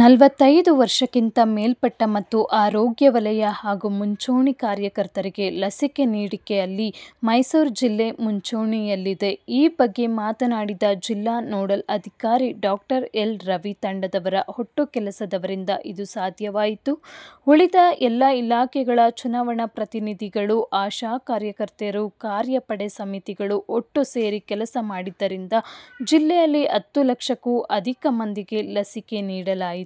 ನಲವತ್ತೈದು ವರ್ಷಕ್ಕಿಂತ ಮೇಲ್ಪಟ್ಟ ಮತ್ತು ಆರೋಗ್ಯ ವಲಯ ಹಾಗೂ ಮುಂಚೂಣಿ ಕಾರ್ಯಕರ್ತರಿಗೆ ಲಸಿಕೆ ನೀಡಿಕೆಯಲ್ಲಿ ಮೈಸೂರು ಜಿಲ್ಲೆ ಮುಂಚೂಣಿಯಲ್ಲಿದೆ. ಈ ಬಗ್ಗೆ ಮಾತನಾಡಿದ ಜಿಲ್ಲಾ ನೋಡಲ್ ಅಧಿಕಾರಿ ಡಾಕ್ಟರ್ ಎಲ್ ರವಿ, ತಂಡದವರ ಒಟ್ಟು ಕೆಲಸದವರಿಂದ ಇದು ಸಾಧ್ಯವಾಯಿತು. ಉಳಿದ ಎಲ್ಲಾ ಇಲಾಖೆಗಳ, ಚುನಾವಣಾ ಪ್ರತಿನಿಧಿಗಳು, ಆಶಾ ಕಾರ್ಯಕರ್ತರೆಯರು, ಕಾರ್ಯ ಪಡೆ ಸಮಿತಿಗಳು ಒಟ್ಟು ಸೇರಿ ಕೆಲಸ ಮಾಡಿದ್ದರಿಂದ ಜಿಲ್ಲೆಯಲ್ಲಿ ಹತ್ತು ಲಕ್ಷಕ್ಕೂ ಅಧಿಕ ಮಂದಿಗೆ ಲಸಿಕೆ ನೀಡಲಾಯಿತು.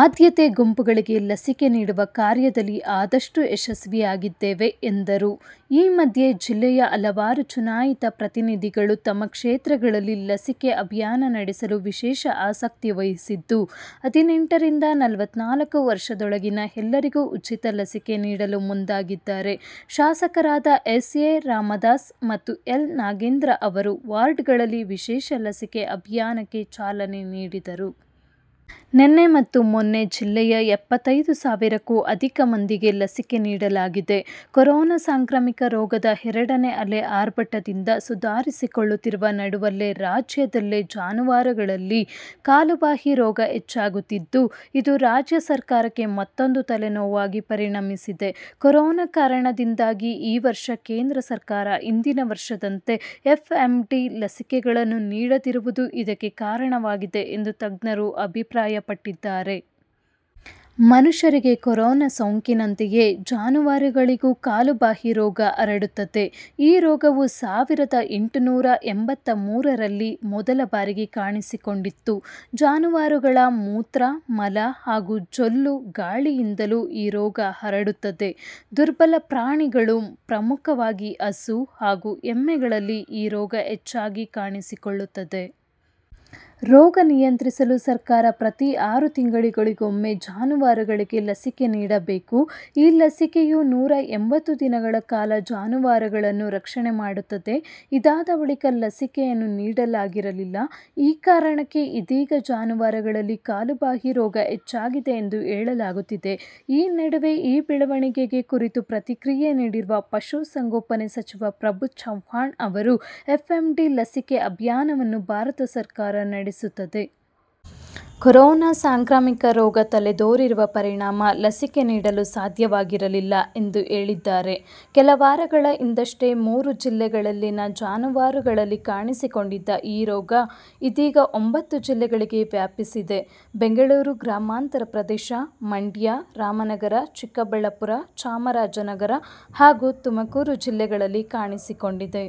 ಆದ್ಯತೆ ಗುಂಪುಗಳಿಗೆ ಲಸಿಕೆ ನೀಡುವ ಕಾರ್ಯದಲ್ಲಿ ಆದಷ್ಟು ಯಶಸ್ವಿಯಾಗಿದ್ದೇವೆ ಎಂದರು. ಈ ಮಧ್ಯೆ, ಜಿಲ್ಲೆಯ ಹಲವಾರು ಚುನಾಯಿತ ಪ್ರತಿನಿಧಿಗಳು ತಮ್ಮ ಕ್ಷೇತ್ರಗಳಲ್ಲಿ ಲಸಿಕೆ ಅಭಿಯಾನ ನಡೆಸಲು ವಿಶೇಷ ಆಸಕ್ತಿ ವಹಿಸಿದ್ದು, ಹದಿನೆಂಟರಿಂದ ನಲವತ್ತನಾಲ್ಕು ವರ್ಷದೊಳಗಿನ ಎಲ್ಲರಿಗೂ ಉಚಿತ ಲಸಿಕೆ ನೀಡಲು ಮುಂದಾಗಿದ್ದಾರೆ. ಶಾಸಕರಾದ ಎಸ್ ಎ ರಾಮದಾಸ್ ಮತ್ತು ಎಲ್ ನಾಗೇಂದ್ರ ಅವರು ವಾರ್ಡ್ಗಳಲ್ಲಿ ವಿಶೇಷ ಲಸಿಕೆ ಅಭಿಯಾನಕ್ಕೆ ಚಾಲನೆ ನೀಡಿದರು. ನಿನ್ನೆ ಮತ್ತು ಮೊನ್ನೆ, ಜಿಲ್ಲೆಯ ಎಪ್ಪತೈದು ಸಾವಿರಕ್ಕೂ ಅಧಿಕ ಮಂದಿಗೆ ಲಸಿಕೆ ನೀಡಲಾಗಿದೆ. ಕೊರೋನಾ ಸಾಂಕ್ರಾಮಿಕ ರೋಗದ ಎರಡನೇ ಅಲೆ ಆರ್ಭಟದಿಂದ ಸುಧಾರಿಸಿಕೊಳ್ಳುತ್ತಿರುವ ನಡುವಲ್ಲೇ ರಾಜ್ಯದಲ್ಲಿ ಜಾನುವಾರುಗಳಲ್ಲಿ ಕಾಲುಬಾಯಿ ರೋಗ ಹೆಚ್ಚಾಗುತ್ತಿದ್ದು, ಇದು ರಾಜ್ಯ ಸರ್ಕಾರಕ್ಕೆ ಮತ್ತೊಂದು ತಲೆನೋವಾಗಿ ಪರಿಣಮಿಸಿದೆ. ಕೊರೋನಾ ಕಾರಣದಿಂದಾಗಿ ಈ ವರ್ಷ ಕೇಂದ್ರ ಸರ್ಕಾರ ಹಿಂದಿನ ವರ್ಷದಂತೆ ಎಫ್ಎಂಡಿ ಲಸಿಕೆಗಳನ್ನು ನೀಡದಿರುವುದು ಇದಕ್ಕೆ ಕಾರಣವಾಗಿದೆ ಎಂದು ತಜ್ಞರು ಅಭಿಪ್ರಾಯಪಟ್ಟಿದ್ದಾರೆ. ಮನುಷ್ಯರಿಗೆ ಕೊರೋನಾ ಸೋಂಕಿನಂತೆಯೇ ಜಾನುವಾರಿಗಳಿಗೂ ಕಾಲುಬಾಯಿ ರೋಗ ಹರಡುತ್ತದೆ. ಈ ರೋಗವು ಸಾವಿರದ ಎಂಟುನುರಾ ಎಂಬತ್ತ ಮೂರರಲ್ಲಿ ಮೊದಲ ಬಾರಿಗೆ ಕಾಣಿಸಿಕೊಂಡಿತ್ತು. ಜಾನುವಾರುಗಳ ಮೂತ್ರ, ಮಲ ಹಾಗೂ ಜೊಲ್ಲು, ಗಾಳಿಯಿಂದಲೂ ಈ ರೋಗ ಹರಡುತ್ತದೆ. ದುರ್ಬಲ ಪ್ರಾಣಿಗಳು ಪ್ರಮುಖವಾಗಿ ಹಸು ಹಾಗೂ ಎಮ್ಮೆಗಳಲ್ಲಿ ಈ ರೋಗ ಹೆಚ್ಚಾಗಿ ಕಾಣಿಸಿಕೊಳ್ಳುತ್ತದೆ. ರೋಗ ನಿಯಂತ್ರಿಸಲು ಸರ್ಕಾರ ಪ್ರತೀ ಆರು ತಿಂಗಳುಗಳಿಗೊಮ್ಮೆ ಜಾನುವಾರುಗಳಿಗೆ ಲಸಿಕೆ ನೀಡಲೇಕು. ಈ ಲಸಿಕೆಯು ನೂರಾ ಎಂಬತ್ತು ದಿನಗಳ ಕಾಲ ಜಾನುವಾರುಗಳನ್ನು ರಕ್ಷಣೆ ಮಾಡುತ್ತದೆ. ಇದಾದ ಬಳಿಕ ಲಸಿಕೆಯನ್ನು ನೀಡಲಾಗಿರಲಿಲ್ಲ. ಈ ಕಾರಣಕ್ಕೆ ಇದೀಗ ಜಾನುವಾರುಗಳಲ್ಲಿ ಕಾಲುಬಾಯಿ ರೋಗ ಹೆಚ್ಚಾಗಿದೆ ಎಂದು ಹೇಳಲಾಗುತ್ತಿದೆ. ಈ ನಡುವೆ ಈ ಬೆಳವಣಿಗೆ ಕುರಿತು ಪ್ರತಿಕ್ರಿಯೆ ನೀಡಿರುವ ಪಶು ಸಂಗೋಪನೆ ಸಚಿವ ಪ್ರಭು ಚವ್ಹಾಣ್ ಅವರು, ಎಫ್ಎಂಡಿ ಲಸಿಕೆ ಅಭಿಯಾನವನ್ನು ಭಾರತ ಸರ್ಕಾರ ನಡೆಸುತ್ತದೆ. ಕೊರೋನಾ ಸಾಂಕ್ರಾಮಿಕ ರೋಗ ತಲೆದೋರಿರುವ ಪರಿಣಾಮ ಲಸಿಕೆ ನೀಡಲು ಸಾಧ್ಯವಾಗಿರಲಿಲ್ಲ ಎಂದು ಹೇಳಿದ್ದಾರೆ. ಕೆಲ ವಾರಗಳ ಹಿಂದೆಷ್ಟೇ ಮೂರು ಜಿಲ್ಲೆಗಳಲ್ಲಿನ ಜಾನುವಾರುಗಳಲ್ಲಿ ಕಾಣಿಸಿಕೊಂಡಿದ್ದ ಈ ರೋಗ ಇದೀಗ ಒಂಬತ್ತು ಜಿಲ್ಲೆಗಳಿಗೆ ವ್ಯಾಪಿಸಿದೆ. ಬೆಂಗಳೂರು ಗ್ರಾಮಾಂತರ ಪ್ರದೇಶ, ಮಂಡ್ಯ, ರಾಮನಗರ, ಚಿಕ್ಕಬಳ್ಳಾರು, ಚಾಮರಾಜನಗರ ಹಾಗೂ ತುಮಕೂರು ಜಿಲ್ಲೆಗಳಲ್ಲಿ ಕಾಣಿಸಿಕೊಂಡಿದೆ.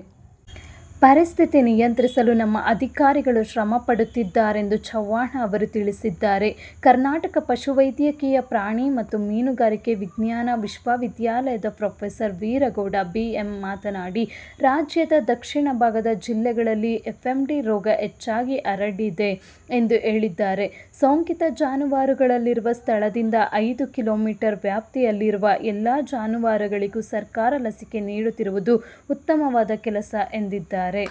ಪರಿಸ್ಥಿತಿ ನಿಯಂತ್ರಿಸಲು ನಮ್ಮ ಅಧಿಕಾರಿಗಳು ಶ್ರಮ ಪಡುತ್ತಿದ್ದಾರೆಂದು ಚವ್ಹಾಣ್ ಅವರು ತಿಳಿಸಿದ್ದಾರೆ. ಕರ್ನಾಟಕ ಪಶುವೈದ್ಯಕೀಯ ಪ್ರಾಣಿ ಮತ್ತು ಮೀನುಗಾರಿಕೆ ವಿಜ್ಞಾನ ವಿಶ್ವವಿದ್ಯಾಲಯದ ಪ್ರೊಫೆಸರ್ ವೀರಗೌಡ ಬಿ. ಎಂ ಮಾತನಾಡಿ, ರಾಜ್ಯದ ದಕ್ಷಿಣ ಭಾಗದ ಜಿಲ್ಲೆಗಳಲ್ಲಿ ಎಫ್ಎಂಡಿ ರೋಗ ಹೆಚ್ಚಾಗಿ ಹರಡಿದೆ ಎಂದು ಹೇಳಿದ್ದಾರೆ. ಸೋಂಕಿತ ಜಾನುವಾರುಗಳಿರುವ ಸ್ಥಳದಿಂದ ಐದು ಕಿಲೋಮೀಟರ್ ವ್ಯಾಪ್ತಿಯಲ್ಲಿರುವ ಎಲ್ಲಾ ಜಾನುವಾರುಗಳಿಗೂ ಸರ್ಕಾರ ಲಸಿಕೆ ನೀಡುತ್ತಿರುವುದು ಉತ್ತಮವಾದ ಕೆಲಸ ಎಂದಿದ್ದಾರೆ.